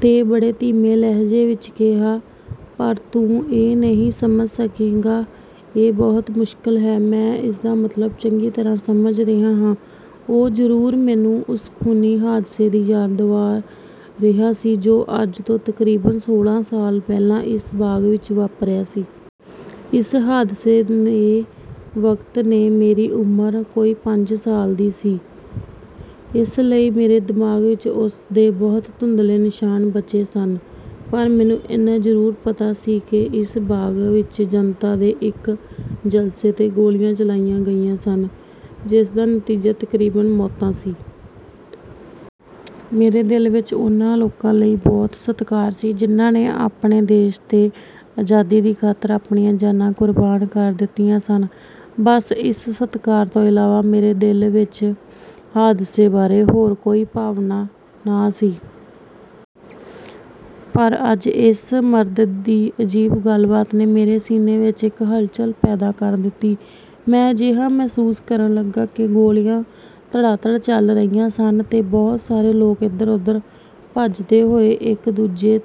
ਤੇ ਬੜੇ ਧੀਮੇ ਲਹਿਜੇ ਵਿਚ ਕਿਹਾ, ਪਰ ਤੂੰ ਇਹ ਨਹੀਂ ਸਮਝ ਸਕੇਂਗਾ, ਇਹ ਬਹੁਤ ਮੁਸ਼ਕਿਲ ਹੈ। ਮੈਂ ਇਸਦਾ ਮਤਲਬ ਚੰਗੀ ਤਰ੍ਹਾਂ ਸਮਝ ਰਿਹਾ ਹਾਂ। ਉਹ ਜ਼ਰੂਰ ਮੈਨੂੰ ਉਸ ਖੂਨੀ ਹਾਦਸੇ ਦੀ ਯਾਦ ਦੁਆ ਰਿਹਾ ਸੀ ਜੋ ਅੱਜ ਤੋਂ ਤਕਰੀਬਨ ਸੋਲ੍ਹਾਂ ਸਾਲ ਪਹਿਲਾਂ ਇਸ ਬਾਗ਼ ਵਿਚ ਵਾਪਰਿਆ ਸੀ। ਇਸ ਹਾਦਸੇ ਦੇ ਵਕਤ ਮੇਰੀ ਉਮਰ ਕੋਈ ਪੰਜ ਸਾਲ ਦੀ ਸੀ। ਇਸ ਲਈ ਮੇਰੇ ਦਿਮਾਗ਼ ਵਿਚ ਉਸ ਦੇ ਬਹੁਤ ਧੁੰਦਲੇ ਨਿਸ਼ਾਨ ਬਚੇ ਸਨ। ਪਰ ਮੈਨੂੰ ਇੰਨਾ ਜ਼ਰੂਰ ਪਤਾ ਸੀ ਕਿ ਇਸ ਬਾਗ਼ ਵਿਚ ਜਨਤਾ ਦੇ ਇਕ ਜਲਸੇ ’ਤੇ ਗੋਲੀਆਂ ਚਲਾਈਆਂ ਗਈਆਂ ਸਨ, ਜਿਸ ਦਾ ਨਤੀਜਾ ਤਕਰੀਬਨ ਮੌਤਾਂ ਸੀ। ਮੇਰੇ ਦਿਲ ਵਿਚ ਉਨ੍ਹਾਂ ਲੋਕਾਂ ਲਈ ਬਹੁਤ ਸਤਿਕਾਰ ਸੀ ਜਿਨ੍ਹਾਂ ਨੇ ਆਪਣੇ ਦੇਸ਼ ਤੇ ਆਜ਼ਾਦੀ ਦੀ ਖਾਤਰ ਆਪਣੀਆਂ ਜਾਨਾਂ ਕੁਰਬਾਨ ਕਰ ਦਿੱਤੀਆਂ ਸਨ। ਬੱਸ ਇਸ ਸਤਿਕਾਰ ਤੋਂ ਇਲਾਵਾ ਮੇਰੇ ਦਿਲ ਵਿਚ ਹਾਦਸੇ ਬਾਰੇ ਹੋਰ ਕੋਈ ਭਾਵਨਾ ਨਾ ਸੀ। ਪਰ ਅੱਜ ਇਸ ਮਰਦ ਦੀ ਅਜੀਬ ਗੱਲਬਾਤ ਨੇ ਮੇਰੇ ਸੀਨੇ ਵਿਚ ਇੱਕ ਹਲਚਲ ਜਿਹੀ ਪੈਦਾ ਕਰ ਦਿੱਤੀ। ਮੈਂ ਅਜਿਹਾ ਮਹਿਸੂਸ ਕਰਨ ਲੱਗਾ ਕਿ ਗੋਲੀਆਂ ਤੜਾਤੜ ਚੱਲ ਰਹੀਆਂ ਹਨ ਤੇ ਬਹੁਤ ਸਾਰੇ ਲੋਕ ਏਧਰ-ਓਧਰ ਭੱਜਦੇ ਹੋਏ ਇੱਕ ਦੂਜੇ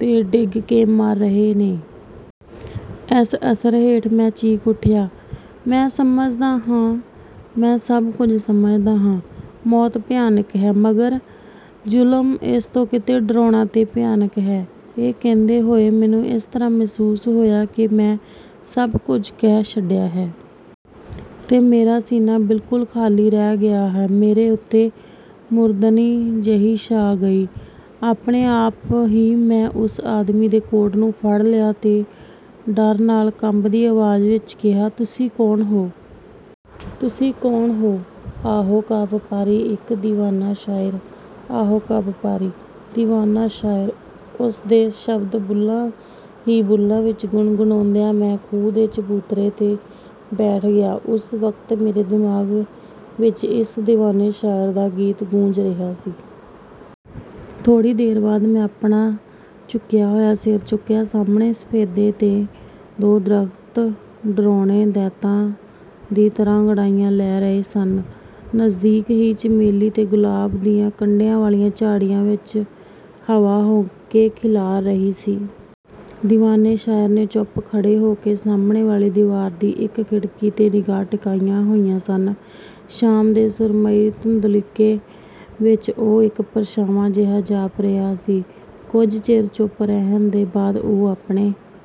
’ਤੇ ਡਿੱਗ ਕੇ ਮਰ ਰਹੇ ਨੇ। ਇਸ ਅਸਰ ਹੇਠ ਮੈਂ ਚੀਖ ਉੱਠਿਆ। ਮੈਂ ਸਮਝਦਾ ਹਾਂ, ਮੈਂ ਸਭ ਕੁਝ ਸਮਝਦਾ ਹਾਂ। ਮੌਤ ਭਿਆਨਕ ਹੈ। ਮਗਰ ਜ਼ੁਲਮ ਇਸ ਤੋਂ ਕਿਤੇ ਡਰਾਉਣਾ ਤੇ ਭਿਆਨਕ ਹੈ। ਇਹ ਕਹਿੰਦੇ ਹੋਏ ਮੈਨੂੰ ਇਸ ਤਰ੍ਹਾਂ ਮਹਿਸੂਸ ਹੋਇਆ ਕਿ ਮੈਂ ਸਭ ਕੁਝ ਕਹਿ ਛੱਡਿਆ ਹੈ। ਤੇ ਮੇਰਾ ਸੀਨਾ ਬਿਲਕੁਲ ਖਾਲੀ ਰਹਿ ਗਿਆ ਹੈ। ਮੇਰੇ ਉੱਤੇ ਇੱਕ ਮੁਰਦਨੀ ਜਿਹੀ ਛਾ ਗਈ। ਆਪਣੇ ਆਪ ਹੀ ਮੈਂ ਉਸ ਆਦਮੀ ਦੇ ਕੋਟ ਨੂੰ ਫੜ ਲਿਆ ਤੇ ਡਰ ਨਾਲ ਕੰਬਦੀ ਆਵਾਜ਼ ਵਿਚ ਕਿਹਾ, ਤੁਸੀਂ ਕੌਣ ਹੋ? ਤੁਸੀਂ ਕੌਣ ਹੋ? ਆਹੋਂ ਕਾ ਵਪਾਰੀ, ਇੱਕ ਦੀਵਾਨਾ ਸ਼ਾਇਰ। ਆਹੋਂ ਕਾ ਵਪਾਰੀ! ਦੀਵਾਨਾ ਸ਼ਾਇਰ! ਉਸ ਦੇ ਸ਼ਬਦ ਬੁੱਲ੍ਹਾਂ ਹੀ ਬੁੱਲ੍ਹਾਂ ਵਿਚ ਗੁਣਗੁਣਾਉਂਦਿਆਂ ਮੈਂ ਖੂਹ ਦੇ ਚਬੂਤਰੇ ’ਤੇ ਬੈਠ ਗਿਆ। ਉਸ ਵਕਤ ਮੇਰੇ ਦਿਮਾਗ਼ ਵਿਚ ਇਸ ਦੀਵਾਨੇ ਸ਼ਾਇਰ ਦਾ ਗੀਤ ਗੂੰਜ ਰਿਹਾ ਸੀ। ਥੋੜ੍ਹੀ ਦੇਰ ਦੇ ਬਾਅਦ ਮੈਂ ਆਪਣਾ ਝੁਕਿਆ ਹੋਇਆ ਸਿਰ ਚੁੱਕਿਆ। ਸਾਹਮਣੇ ਸਫ਼ੇਦੇ ਦੇ ਦੋ ਦਰੱਖਤ ਡਰਾਉਣੇ ਦੈਂਤਾਂ ਦੀ ਤਰ੍ਹਾਂ ਅੰਗੜਾਈਆਂ ਲੈ ਰਹੇ ਸਨ। ਨਜ਼ਦੀਕ ਹੀ ਚਮੇਲੀ ਤੇ ਗੁਲਾਬ ਦੀਆਂ ਕੰਡਿਆਂ ਵਾਲੀਆਂ ਝਾੜੀਆਂ ਵਿਚ ਹਵਾ ਹਉਕੇ ਖਿਲਾਰ ਰਹੀ ਸੀ। ਦੀਵਾਨੇ ਸ਼ਾਇਰ ਨੇ ਚੁੱਪ ਖੜ੍ਹੇ ਹੋ ਕੇ ਸਾਹਮਣੇ ਵਾਲੀ ਦੀਵਾਰ ਦੀ ਇੱਕ ਖਿੜਕੀ ’ਤੇ ਨਿਗਾਹਾਂ ਟਿਕਾਈਆਂ ਹੋਈਆਂ ਸਨ। ਸ਼ਾਮ ਦੇ ਸੁਰਮਈ ਧੁੰਦਲਕੇ ਵਿਚ ਉਹ ਇੱਕ ਪਰਛਾਵਾਂ ਜਿਹਾ ਜਾਪ ਰਿਹਾ ਸੀ। ਕੁਝ ਚਿਰ ਚੁੱਪ ਰਹਿਣ ਦੇ ਬਾਅਦ ਉਹ ਆਪਣੇ